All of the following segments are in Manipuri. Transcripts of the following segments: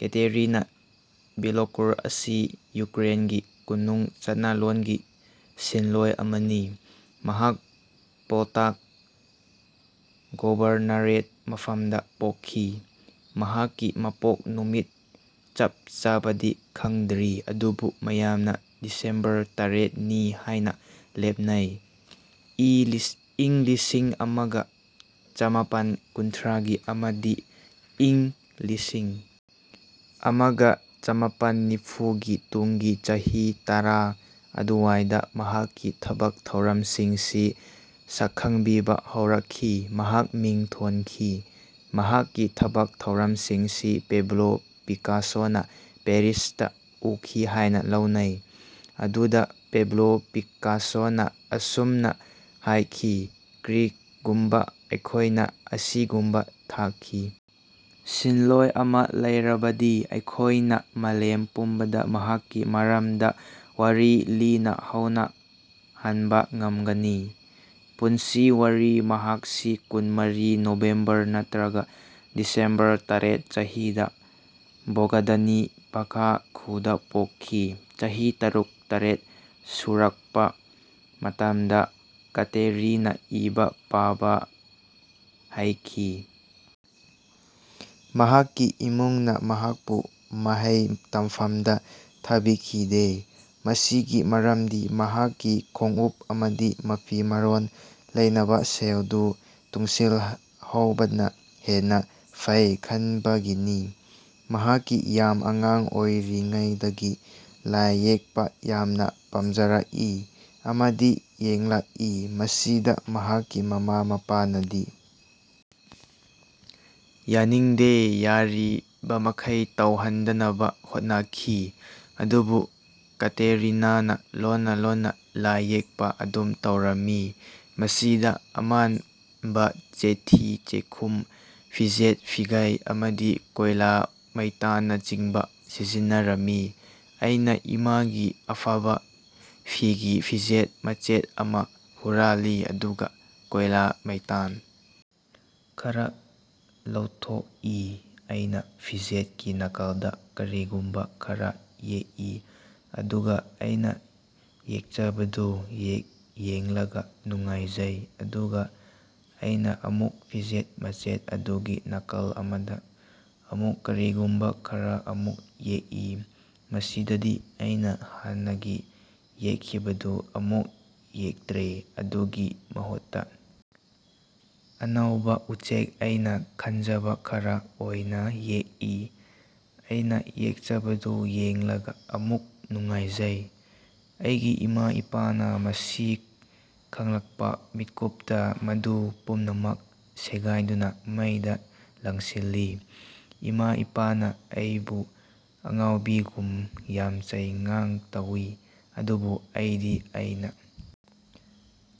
ꯀꯇꯦꯔꯤꯅꯥ ꯕꯤꯂꯣꯀꯨꯔ ꯑꯁꯤ ꯌꯨꯀ꯭ꯔꯦꯟꯒꯤ ꯈꯨꯟꯅꯨꯡ ꯆꯠꯅꯂꯣꯟꯒꯤ ꯁꯤꯟꯂꯣꯢ ꯑꯃꯅꯤ꯫ ꯃꯍꯥꯛ ꯄꯣꯜꯇꯥꯚ ꯒꯣꯚꯔꯅꯔꯦꯠ ꯃꯐꯝꯗ ꯄꯣꯛꯈꯤ꯫ ꯃꯍꯥꯛꯀꯤ ꯃꯄꯣꯛ ꯅꯨꯃꯤꯠ ꯆꯞ ꯆꯥꯕꯗꯤ ꯈꯪꯗ꯭ꯔꯤ ꯑꯗꯨꯕꯨ ꯃꯌꯥꯝꯅ ꯗꯤꯁꯦꯝꯕꯔ ꯇꯥꯔꯦꯠꯅꯤ ꯍꯥꯢꯅ ꯂꯦꯞꯅꯩ꯫ ꯏꯪ ꯂꯤꯁꯤꯡ ꯑꯃꯒ ꯆꯃꯥꯄꯟ ꯀꯨꯟꯊ꯭ꯔꯥꯒꯤ ꯑꯃꯗꯤ ꯏꯪ ꯂꯤꯁꯤꯡ ꯑꯃꯒ ꯆꯃꯥꯄꯟ ꯅꯤꯐꯨ ꯒꯤ ꯇꯨꯡꯒꯤ ꯆꯍꯤ ꯇꯔꯥ ꯑꯗꯨꯋꯥꯢꯗ ꯃꯍꯥꯛꯀꯤ ꯊꯕꯛ ꯊꯧꯔꯝꯁꯤꯡꯁꯤ ꯁꯛꯈꯪꯕꯤꯕ ꯍꯧꯔꯛꯈꯤ꯫ ꯃꯍꯥꯛ ꯃꯤꯡꯊꯣꯟꯈꯤ꯫ ꯃꯍꯥꯛꯀꯤ ꯊꯕꯛ ꯊꯧꯔꯝꯁꯤꯡꯁꯤ ꯄꯦꯕ꯭ꯂꯣ ꯄꯤꯀꯥꯁꯣꯅ ꯄꯦꯔꯤꯁꯇ ꯎꯈꯤ ꯍꯥꯢꯅ ꯂꯧꯅꯩ꯫ ꯃꯗꯨꯗ ꯄꯦꯕ꯭ꯂꯣ ꯄꯤꯀꯥꯁꯣꯅ ꯑꯁꯨꯝꯅ ꯍꯥꯢꯈꯤ, ꯀꯔꯤꯒꯨꯝꯕ ꯑꯩꯈꯣꯢꯅ ꯑꯁꯤꯒꯨꯝꯕ ꯊꯥꯛꯀꯤ ꯁꯤꯟꯂꯣꯢ ꯑꯃ ꯂꯩꯔꯕꯗꯤ, ꯑꯩꯈꯣꯢꯅ ꯃꯥꯂꯦꯝ ꯄꯨꯝꯕꯗ ꯃꯍꯥꯛꯀꯤ ꯃꯔꯝꯗ ꯋꯥꯔꯤ ꯂꯤꯅꯍꯧꯅꯍꯟꯕ ꯉꯝꯒꯅꯤ꯫ ꯄꯨꯟꯁꯤ ꯋꯥꯔꯤ ꯃꯍꯥꯛꯁꯤ ꯀꯨꯟ-ꯃꯔꯤ ꯅꯣꯚꯦꯝꯕꯔ (ꯅꯠꯇ꯭ꯔꯒ ꯗꯤꯁꯦꯝꯕꯔ ꯇꯔꯦꯠ) ꯆꯍꯤꯗ ꯕꯣꯒꯗꯥꯅꯤꯚꯀꯥ ꯈꯨꯜꯗ ꯄꯣꯛꯈꯤ꯫ ꯆꯍꯤ ꯇꯔꯨꯛ - ꯇꯔꯦꯇ ꯁꯨꯔꯛꯄ ꯃꯇꯝꯗ ꯀꯇꯦꯔꯤꯅꯥ ꯏꯕ ꯄꯥꯕ ꯍꯩꯈꯤ꯫ ꯃꯍꯥꯛꯀꯤ ꯏꯃꯨꯡꯅ ꯃꯍꯥꯛꯄꯨ ꯃꯍꯩ ꯇꯝꯐꯝꯗ ꯊꯥꯕꯤꯈꯤꯗꯦ꯫ ꯃꯁꯤꯒꯤ ꯃꯔꯝꯗꯤ ꯃꯍꯥꯛꯀꯤ ꯈꯣꯡꯎꯞ ꯑꯃꯗꯤ ꯃꯐꯤ ꯃꯔꯣꯟ ꯂꯩꯅꯕ ꯁꯦꯜꯗꯨ ꯇꯨꯡꯁꯤꯜꯍꯧꯕꯅ ꯍꯦꯟꯅ ꯐꯩ ꯈꯟꯕꯒꯤꯅꯤ꯫ ꯃꯍꯥꯛꯀꯤ ꯌꯥꯝ ꯑꯉꯥꯡ ꯑꯣꯢꯔꯤꯉꯩꯗꯒꯤ ꯂꯥꯢ ꯌꯦꯛꯄ ꯌꯥꯝꯅ ꯄꯥꯝꯖꯔꯛꯏ ꯑꯃꯗꯤ ꯌꯦꯛꯂꯛꯏ꯫ ꯃꯁꯤꯗ ꯃꯍꯥꯛꯀꯤ ꯃꯃꯥ ꯃꯄꯥꯅꯗꯤ ꯌꯥꯅꯤꯡꯗꯦ, ꯌꯥꯔꯤꯕꯃꯈꯩ ꯇꯧꯍꯟꯗꯅꯕ ꯍꯣꯠꯅꯈꯤ꯫ ꯑꯗꯨꯕꯨ ꯀꯇꯦꯔꯤꯅꯥꯅ ꯂꯣꯟꯅ ꯂꯣꯟꯅ ꯂꯥꯢ ꯌꯦꯛꯄ ꯑꯗꯨꯝ ꯇꯧꯔꯝꯃꯤ꯫ ꯃꯁꯤꯗ ꯑꯃꯟꯕ ꯆꯦꯊꯤ ꯆꯦꯈꯨꯝ, ꯐꯤꯖꯦꯠ ꯐꯤꯒꯥꯢ ꯑꯃꯗꯤ ꯀꯣꯢꯂꯥ ꯃꯩꯇꯥꯟꯅꯆꯤꯡꯕ ꯁꯤꯖꯤꯟꯅꯔꯝꯃꯤ꯫ "ꯑꯩꯅ ꯏꯃꯥꯒꯤ ꯑꯐꯕ ꯐꯤꯒꯤ ꯐꯤꯖꯦꯠ ꯃꯆꯦꯠ ꯑꯃ ꯍꯨꯔꯥꯜꯂꯤ ꯑꯗꯨꯒ ꯀꯣꯢꯂꯥ ꯃꯩꯇꯥꯟ ꯈꯔ ꯂꯧꯊꯣꯛꯏꯑꯩꯅ ꯐꯤꯖꯦꯠꯀꯤ ꯅꯥꯀꯜꯗ ꯀꯔꯤꯒꯨꯝꯕ ꯈꯔ ꯌꯦꯛꯏ, ꯑꯗꯨꯒ ꯑꯩꯅ ꯌꯦꯛꯆꯕꯗꯨ ꯌꯦꯡꯂꯒ ꯅꯨꯡꯉꯥꯢꯖꯩ꯫ ꯑꯗꯨꯒ ꯑꯩꯅ ꯑꯃꯨꯛ ꯐꯤꯖꯦꯠ ꯃꯆꯦꯠ ꯑꯗꯨꯒꯤ ꯅꯥꯀꯜ ꯑꯃꯗ ꯑꯃꯨꯛ ꯀꯔꯤꯒꯨꯝꯕ ꯈꯔ ꯑꯃꯨꯛ ꯌꯦꯛꯏ꯫ ꯑꯁꯤꯗꯗꯤ ꯑꯩꯅ ꯍꯥꯟꯅꯒꯤ ꯌꯦꯛꯈꯤꯕꯗꯨ ꯑꯃꯨꯛ ꯌꯦꯛꯇ꯭ꯔꯦ꯫ ꯑꯗꯨꯒꯤ ꯃꯍꯨꯠꯇ ꯑꯅꯧꯕ ꯎꯆꯦꯛ ꯑꯩꯅ ꯈꯟꯖꯕ ꯈꯔ ꯑꯣꯢꯅ ꯌꯦꯛꯏ꯫ ꯑꯩꯅ ꯌꯦꯛꯆꯕꯗꯨ ꯌꯦꯡꯂꯒ ꯑꯃꯨꯛ ꯅꯨꯡꯉꯥꯢꯖꯩ꯫ ꯑꯩꯒꯤ ꯏꯃꯥ ꯏꯄꯥꯅ ꯃꯁꯤ ꯈꯪꯂꯛꯄ ꯃꯤꯠꯀꯨꯞꯇ ꯃꯗꯨ ꯄꯨꯝꯅꯃꯛ ꯁꯦꯒꯥꯢꯗꯨꯅ ꯃꯩꯗ ꯂꯪꯁꯤꯜꯂꯤ꯫ ꯏꯃꯥ ꯏꯄꯥꯅ ꯑꯩꯕꯨ ꯑꯉꯥꯎꯕꯤꯒꯨꯝ ꯌꯥꯝ ꯆꯩ ꯉꯥꯡ ꯇꯧꯏ꯫ꯑꯗꯨꯕꯨ ꯑꯩꯗꯤ ꯑꯩꯅ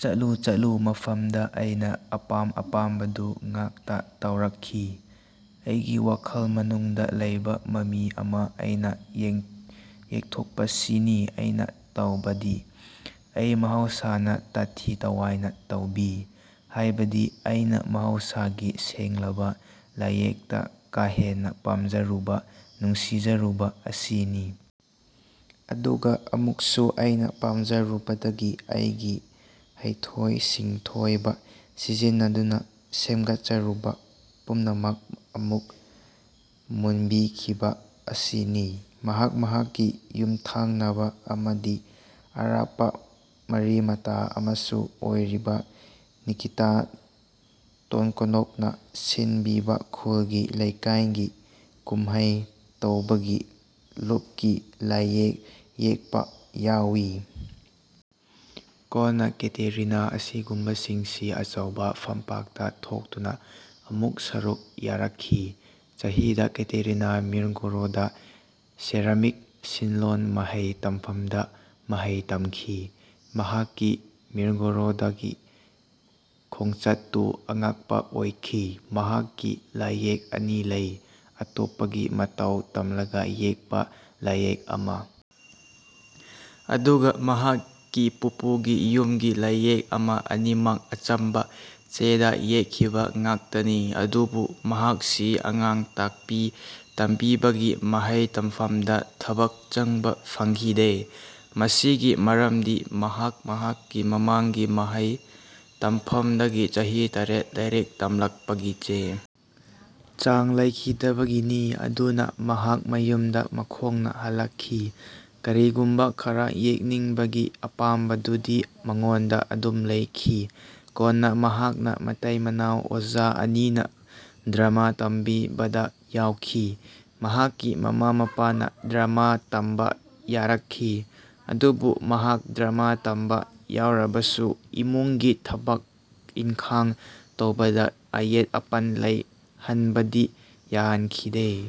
ꯆꯠꯂꯨ ꯆꯠꯂꯨ ꯃꯐꯝꯗ ꯑꯩꯅ ꯑꯄꯥꯝ ꯑꯄꯥꯝꯕꯗꯨ ꯉꯥꯛꯇ ꯇꯧꯔꯛꯈꯤ꯫ ꯑꯩꯒꯤ ꯋꯥꯈꯜ ꯃꯅꯨꯡꯗ ꯂꯩꯕ ꯃꯃꯤ ꯑꯃ ꯑꯩꯅ ꯌꯦꯛꯊꯣꯛꯄꯁꯤꯅꯤ ꯑꯩꯅ ꯇꯧꯕꯗꯤ꯫ ꯑꯩ ꯃꯍꯧꯁꯥꯅ ꯇꯥꯊꯤ ꯇꯥꯋꯣꯢꯅ ꯇꯧꯕꯤ꯫ ꯍꯥꯢꯕꯗꯤ ꯑꯩꯅ ꯃꯍꯧꯁꯥꯒꯤ ꯁꯦꯡꯂꯕ ꯂꯥꯢꯌꯦꯛꯇ ꯀꯥ ꯍꯦꯟꯅ ꯄꯥꯝꯖꯔꯨꯕ ꯅꯨꯡꯁꯤꯖꯔꯨꯕ ꯑꯁꯤꯅꯤ꯫ ꯑꯗꯨꯒ ꯑꯃꯨꯛꯁꯨ ꯑꯩꯅ ꯄꯥꯝꯖꯔꯨꯕꯗꯒꯤ ꯑꯩꯒꯤ ꯍꯩꯊꯣꯢ ꯁꯤꯡꯊꯣꯢꯕ ꯁꯤꯖꯤꯟꯅꯗꯨꯅ ꯁꯦꯝꯒꯠꯆꯔꯨꯕ ꯄꯨꯝꯅꯃꯛ ꯑꯃꯨꯛ ꯃꯨꯟꯕꯤꯈꯤꯕ ꯑꯁꯤꯅꯤ"꯫ ꯃꯍꯥꯛ ꯃꯍꯥꯛꯀꯤ ꯌꯨꯝꯊꯪꯅꯕ ꯑꯃꯗꯤ ꯑꯔꯥꯞꯄ ꯃꯔꯤ ꯃꯇꯥ ꯑꯃꯁꯨ ꯑꯣꯢꯔꯤꯕ ꯅꯤꯀꯤꯇꯥ ꯇꯣꯟꯀꯣꯅꯣꯒꯅ ꯁꯤꯟꯕꯤꯕ ꯈꯨꯜꯒꯤ ꯂꯩꯀꯥꯢꯒꯤ ꯀꯨꯝꯍꯩ ꯇꯧꯕꯒꯤ ꯂꯨꯞꯀꯤ ꯂꯥꯢꯌꯦꯛ ꯌꯦꯛꯄ ꯌꯥꯎꯏ꯫ ꯀꯣꯟꯅ ꯀꯇꯦꯔꯤꯅꯥ ꯑꯁꯤꯒꯨꯝꯕꯁꯤꯡꯁꯤ ꯑꯆꯧꯕ ꯐꯝꯄꯥꯛꯇ ꯊꯣꯛꯇꯨꯅ ꯑꯃꯨꯛ ꯁꯔꯨꯛ ꯌꯥꯔꯛꯈꯤ꯫ ꯆꯍꯤꯗ ꯀꯇꯦꯔꯤꯅꯥ ꯃꯤꯔꯒꯣꯔꯣꯗ ꯁꯦꯔꯥꯃꯤꯛ ꯁꯤꯟꯂꯣꯟ ꯃꯍꯩ ꯇꯝꯐꯝꯗ ꯃꯍꯩ ꯇꯝꯈꯤ꯫ ꯃꯍꯥꯛꯀꯤ ꯃꯤꯔꯒꯣꯔꯣꯗꯀꯤ ꯈꯣꯡꯆꯠꯇꯨ ꯑꯉꯛꯄ ꯑꯣꯢꯈꯤ꯫ ꯃꯍꯥꯛꯀꯤ ꯂꯥꯢꯌꯦꯛ ꯑꯅꯤ ꯂꯩ, ꯑꯇꯣꯞꯄꯒꯤ ꯃꯇꯧ ꯇꯝꯂꯒ ꯌꯦꯛꯄ ꯂꯥꯢꯌꯦꯛ ꯑꯃ ꯑꯗꯨꯒ ꯃꯍꯥꯛꯀꯤ ꯄꯨꯄꯨꯒꯤ ꯌꯨꯝꯒꯤ ꯂꯥꯢꯌꯦꯛ ꯑꯃ꯫ ꯑꯅꯤꯃꯛ ꯑꯆꯝꯕ ꯆꯦꯗ ꯌꯦꯛꯈꯤꯕ ꯉꯥꯛꯇꯅꯤ꯫ ꯑꯗꯨꯕꯨ ꯃꯍꯥꯛꯁꯤ ꯑꯉꯥꯡ ꯇꯥꯛꯄꯤ ꯇꯝꯕꯤꯕꯒꯤ ꯃꯍꯩ ꯇꯝꯐꯝꯗ ꯊꯕꯛ ꯆꯪꯕ ꯐꯪꯈꯤꯗꯦ꯫ ꯃꯁꯤꯒꯤ ꯃꯔꯝꯗꯤ ꯃꯍꯥꯛ ꯃꯍꯥꯛꯀꯤ ꯃꯃꯥꯡꯒꯤ ꯃꯍꯩ ꯇꯝꯐꯝꯗꯒꯤ ꯆꯍꯤ ꯇꯔꯦꯠ ꯂꯥꯢꯔꯤꯛ ꯇꯝꯂꯛꯄꯒꯤ ꯆꯦ ꯆꯥꯡ ꯂꯩꯈꯤꯗꯕꯒꯤꯅꯤ꯫ ꯑꯗꯨꯅ ꯃꯍꯥꯛ ꯃꯌꯨꯝꯗ ꯃꯈꯣꯡꯅ ꯍꯜꯂꯛꯈꯤ꯫ ꯀꯔꯤꯒꯨꯝꯕ ꯈꯔ ꯌꯦꯛꯅꯤꯡꯕꯒꯤ ꯑꯄꯥꯝꯕꯗꯨꯗꯤ ꯃꯉꯣꯟꯗ ꯑꯗꯨꯝ ꯂꯩꯈꯤ꯫ ꯀꯣꯟꯅ ꯃꯍꯥꯛꯅ ꯃꯇꯩ ꯃꯅꯥꯎ ꯑꯣꯖꯥ ꯑꯅꯤꯅ ꯗ꯭ꯔꯥꯃꯥ ꯇꯝꯕꯤꯕꯗ ꯌꯥꯎꯈꯤ꯫ ꯃꯍꯥꯛꯀꯤ ꯃꯃꯥ ꯃꯄꯥꯅ ꯗ꯭ꯔꯥꯃꯥ ꯇꯝꯕ ꯌꯥꯔꯛꯈꯤ꯫ ꯑꯗꯨꯕꯨ ꯃꯍꯥꯛ ꯗ꯭ꯔꯥꯃꯥ ꯇꯝꯕ ꯌꯥꯎꯔꯕꯁꯨ ꯏꯃꯨꯡꯒꯤ ꯊꯕꯛ ꯏꯟꯈꯥꯡ ꯇꯧꯕꯗ ꯑꯌꯦꯠ ꯑꯄꯟ ꯂꯩꯍꯟꯕꯗꯤ ꯌꯥꯍꯟꯈꯤꯗꯦ꯫